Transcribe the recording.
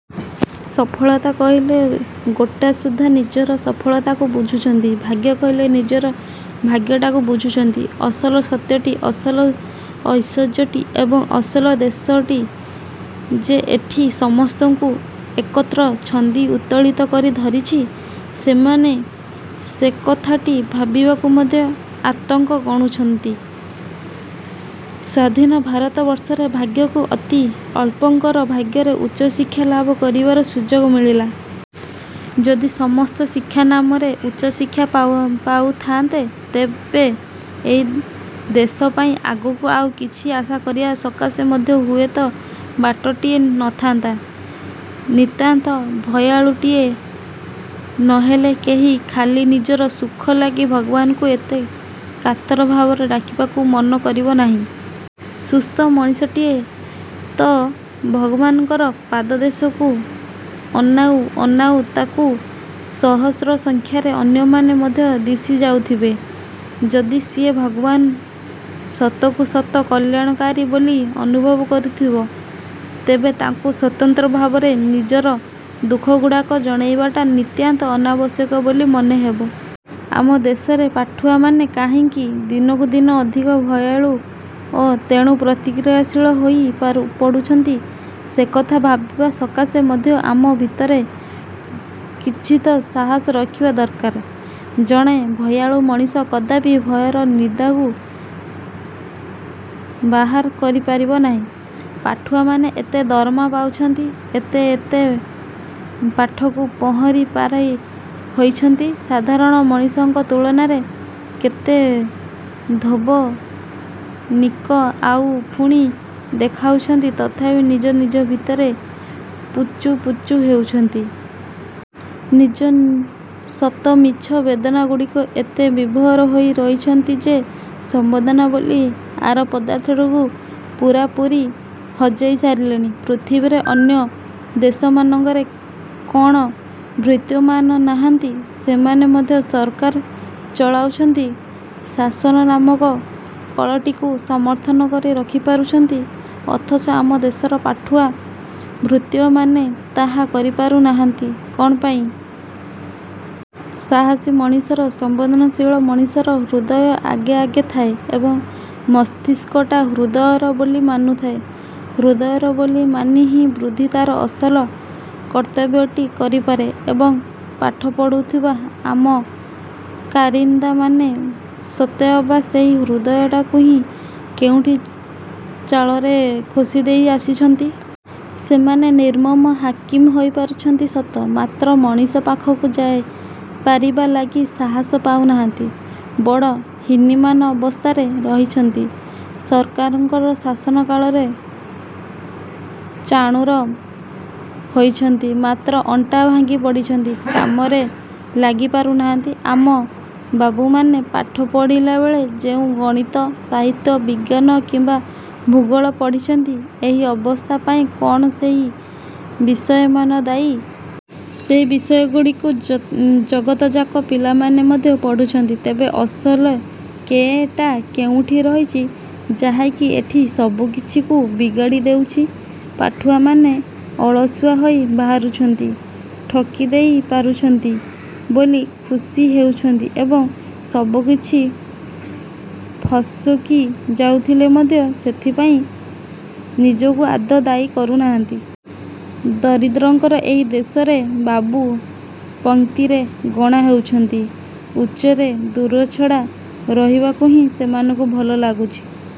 ସଫଳତା କହିଲେ ଗୋଟାସୁଦ୍ଧା ନିଜର ସଫଳତାକୁ ବୁଝୁଛନ୍ତି। ଭାଗ୍ୟ କହିଲେ ନିଜର ଭାଗ୍ୟଟାକୁ ବୁଝୁଛନ୍ତି। ଅସଲ ସତ୍ୟଟି, ଅସଲ ଐଶ୍ୱର୍ଯ୍ୟଟି ଏବଂ ଅସଲ ଦେଶଟି ଯେ ଏଠି ସମସ୍ତଙ୍କୁ ଏକତ୍ର ଛନ୍ଦି ଉତ୍ତୋଳିତ କରି ଧରିଛି, ସେମାନେ ସେକଥାଟି ଭାବିବାକୁ ମଧ୍ୟ ଆତଙ୍କ ଗଣୁଛନ୍ତି। ସ୍ୱାଧୀନ ଭାରତବର୍ଷରେ ଭାଗ୍ୟକୁ ଅତି ଅଳ୍ପଙ୍କର ଭାଗ୍ୟରେ ଉଚ୍ଚ ଶିକ୍ଷା ଲାଭ କରିବାର ସୁଯୋଗ ମିଳିଲା। ଯଦି ସମସ୍ତେ ଶିକ୍ଷାନାମରେ ଉଚ୍ଚ ଶିକ୍ଷା ପାଉଥାନ୍ତେ, ତେବେ ଏହି ଦେଶ ପାଇଁ ଆଗକୁ ଆଉ କିଛି ଆଶା କରିବା ସକାଶେ ମଧ୍ୟ ହୁଏତ ବାଟଟିଏ ନଥାନ୍ତା। ନିତାନ୍ତ ଭୟାଳୁଟିଏ ନହେଲେ କେହି ଖାଲି ନିଜର ସୁଖ ଲାଗି ଭଗବାନଙ୍କୁ ଏତେ କାତର ଭାବରେ ଡାକିବାକୁ ମନ କରିବ ନାହିଁ। ସୁସ୍ଥ ମଣିଷଟିଏ ତ ଭଗବାନଙ୍କର ପାଦଦେଶକୁ ଅନାଉ ଅନାଉ ତାକୁ ସହସ୍ର ସଂଖ୍ୟାରେ ଅନ୍ୟମାନେ ମଧ୍ୟ ଦିଶି ଯାଉଥବେ। ଯଦି ସିଏ ଭଗବାନ ସତକୁ ସତ କଲ୍ୟାଣକାରୀ ବୋଲି ଅନୁଭବ କରୁଥିବ, ତେବେ ତାଙ୍କୁ ସ୍ୱତନ୍ତ୍ର ଭାବରେ ନିଜର ଦୁଃଖଗୁଡ଼ାକୁ ଜଣାଇବାଟା ନିତାନ୍ତ ଅନାବଶ୍ୟକ ବୋଲି ମନେହେବ । ଆମ ଦେଶରେ ପାଠୁଆମାନେ କାହିଁକି ଦିନକୁ ଦିନ ଅଧିକ ଭୟାଳୁ ଓ ତେଣୁ ପ୍ରତିକ୍ରିୟାଶୀଳ ହୋଇ ପଡ଼ୁଛନ୍ତି, ସେକଥା ଭାବିବା ସକାଶେ ମଧ୍ୟ ଆମ ଭିତରେ କିଞ୍ଚିତ୍ ସାହସ ରହିଥିବା ଦରକାର। ଜଣେ ଭୟାଳୁ ମଣିଷ କଦାପି ଭୟର ନିଦାନକୁ ବାହାର କରିପାରିବ ନାହିଁ। ପାଠୁଆମାନେ ଏତେ ଦରମା ପାଉଛନ୍ତି, ଏତେ ଏତେ ପାଠକୁ ପହଁରି ପାର ହୋଇଛନ୍ତି, ସାଧାରଣ ମଣିଷଙ୍କ ତୁଳନାରେ କେତେ ଧୋବ, ନିକ ଆଉ ପୁଣି ଦେଖାଯାଉଛନ୍ତି, ତଥାପି ନିଜ ଭିତରେ ପୁଚୁପୁଚୁ ହେଉଛନ୍ତି। ନିଜ ସତ ମିଛ ବେଦନାଗୁଡ଼ିକରେ ଏତେ ବିଭୋର ହୋଇ ରହିଛନ୍ତି ଯେ ସମ୍ବେଦନା ବୋଲି ଆର ପଦାର୍ଥଟିକୁ ପୂରାପୂରି ହଜାଇ ସାରିଲେଣି। ପୃଥିବୀର ଅନ୍ୟ ଦେଶମାନଙ୍କରେ କଣ ଭୃତ୍ୟମାନେ ନାହାନ୍ତି? ସେମାନେ ମଧ୍ୟ ସରକାର ଚଳାଉଛନ୍ତି, ଶାସନ ନାମକ କଳଟିକୁ ସମର୍ଥ କରି ରଖିପାରୁଛନ୍ତି। ଅଥଚ ଆମ ଦେଶର ପାଠୁଆ ଭୃତ୍ୟମାନେ ତାହା କରିପାରୁ ନାହାନ୍ତି କଣ ପାଇଁ? ସାହସୀ ମଣିଷର, ସମ୍ବେଦନଶୀଳ ମଣିଷର ହୃଦୟ ଆଗେ ଆଗେ ଥାଏ ଏବଂ ମସ୍ତିଷ୍କଟା ହୃଦୟର ବୋଲ ମାନୁଥାଏ। ହୃଦୟର ବୋଲ ମାନି ହିଁ ବୁଦ୍ଧି ତାର ଅସଲ କର୍ତ୍ତବ୍ୟଟି କରିପାରେ। ଏବଂ ପାଠ ପଢ଼ିଥିବା ଆମ କାରିନ୍ଦାମାନେ ସତେଅବା ସେହି ହୃଦୟଟାକୁ ହିଁ କୋଉଠି ଚାଳରେ ଖୋଷିଦେଇ ଆସିଛନ୍ତି। ସେମାନେ ନିର୍ମମ ହାକିମ ହୋଇପାରୁଛନ୍ତି ସତ ମାତ୍ର ମଣିଷ ପାଖକୁ ଯାଇପାରିବା ଲାଗି ସାହସ ପାଉନାହାନ୍ତି। ବଡ଼ ହୀନିମାନ ଅବସ୍ଥାରେ ରହିଛନ୍ତି। ସରକାରଙ୍କ ଶାସନଶାଳରେ ଚାଣୁର ହୋଇଛନ୍ତି, ମାତ୍ର ଅଣ୍ଟା ଭାଙ୍ଗି ପଡ଼ିଛନ୍ତି, କାମରେ ଲାଗିପାରୁ ନାହାନ୍ତି। ଆମ ବାବୁମାନେ ପାଠ ପଢ଼ିଲାବେଳେ ଯେଉଁ ଗଣିତ, ସାହିତ୍ୟ, ବିଜ୍ଞାନ କିମ୍ବା ଭୂଗୋଳ ପଢ଼ିଛନ୍ତି, ଏହି ଅବସ୍ଥା ପାଇଁ କଣ ସେହି ବିଷୟମାନେ ଦାୟୀ? ସେହି ବିଷୟଗୁଡ଼ିକୁ ଜଗତଯାକ ପିଲାମାନେ ମଧ୍ୟ ପଢୁଛନ୍ତି। ତେବେ ଅସଲ କେଁ ଟା କେଉଁଠି ରହିଛି, ଯାହାକି ଏଠି ସବୁକିଛିକୁ ବିଗାଡ଼ି ଦେଉଛି? ପାଠୁଆମାନେ ଅଳସୁଆ ହୋଇ ବାହାରୁଛନ୍ତି, ଠକିଦେଇ ପାରୁଛନ୍ତି ବୋଲି ଖୁସି ହେଉଛନ୍ତି ଏବଂ ସବୁକିଛି ଫସକି ଯାଉଥିଲେ ମଧ୍ୟ ସେଥିପାଇଁ ନିଜକୁ ଆଦୌ ଦାୟୀ କରୁନାହାନ୍ତି। ଦରିଦ୍ରଙ୍କର ଏହି ଦେଶରେ ବାବୁ ପଂକ୍ତିରେ ଗଣା ହେଉଛନ୍ତି, ଉଚ୍ଚରେ ଦୂରଛଡ଼ା ରହିବାକୁ ହିଁ ସେମାନଙ୍କୁ ଭଲ ଲାଗୁଛି।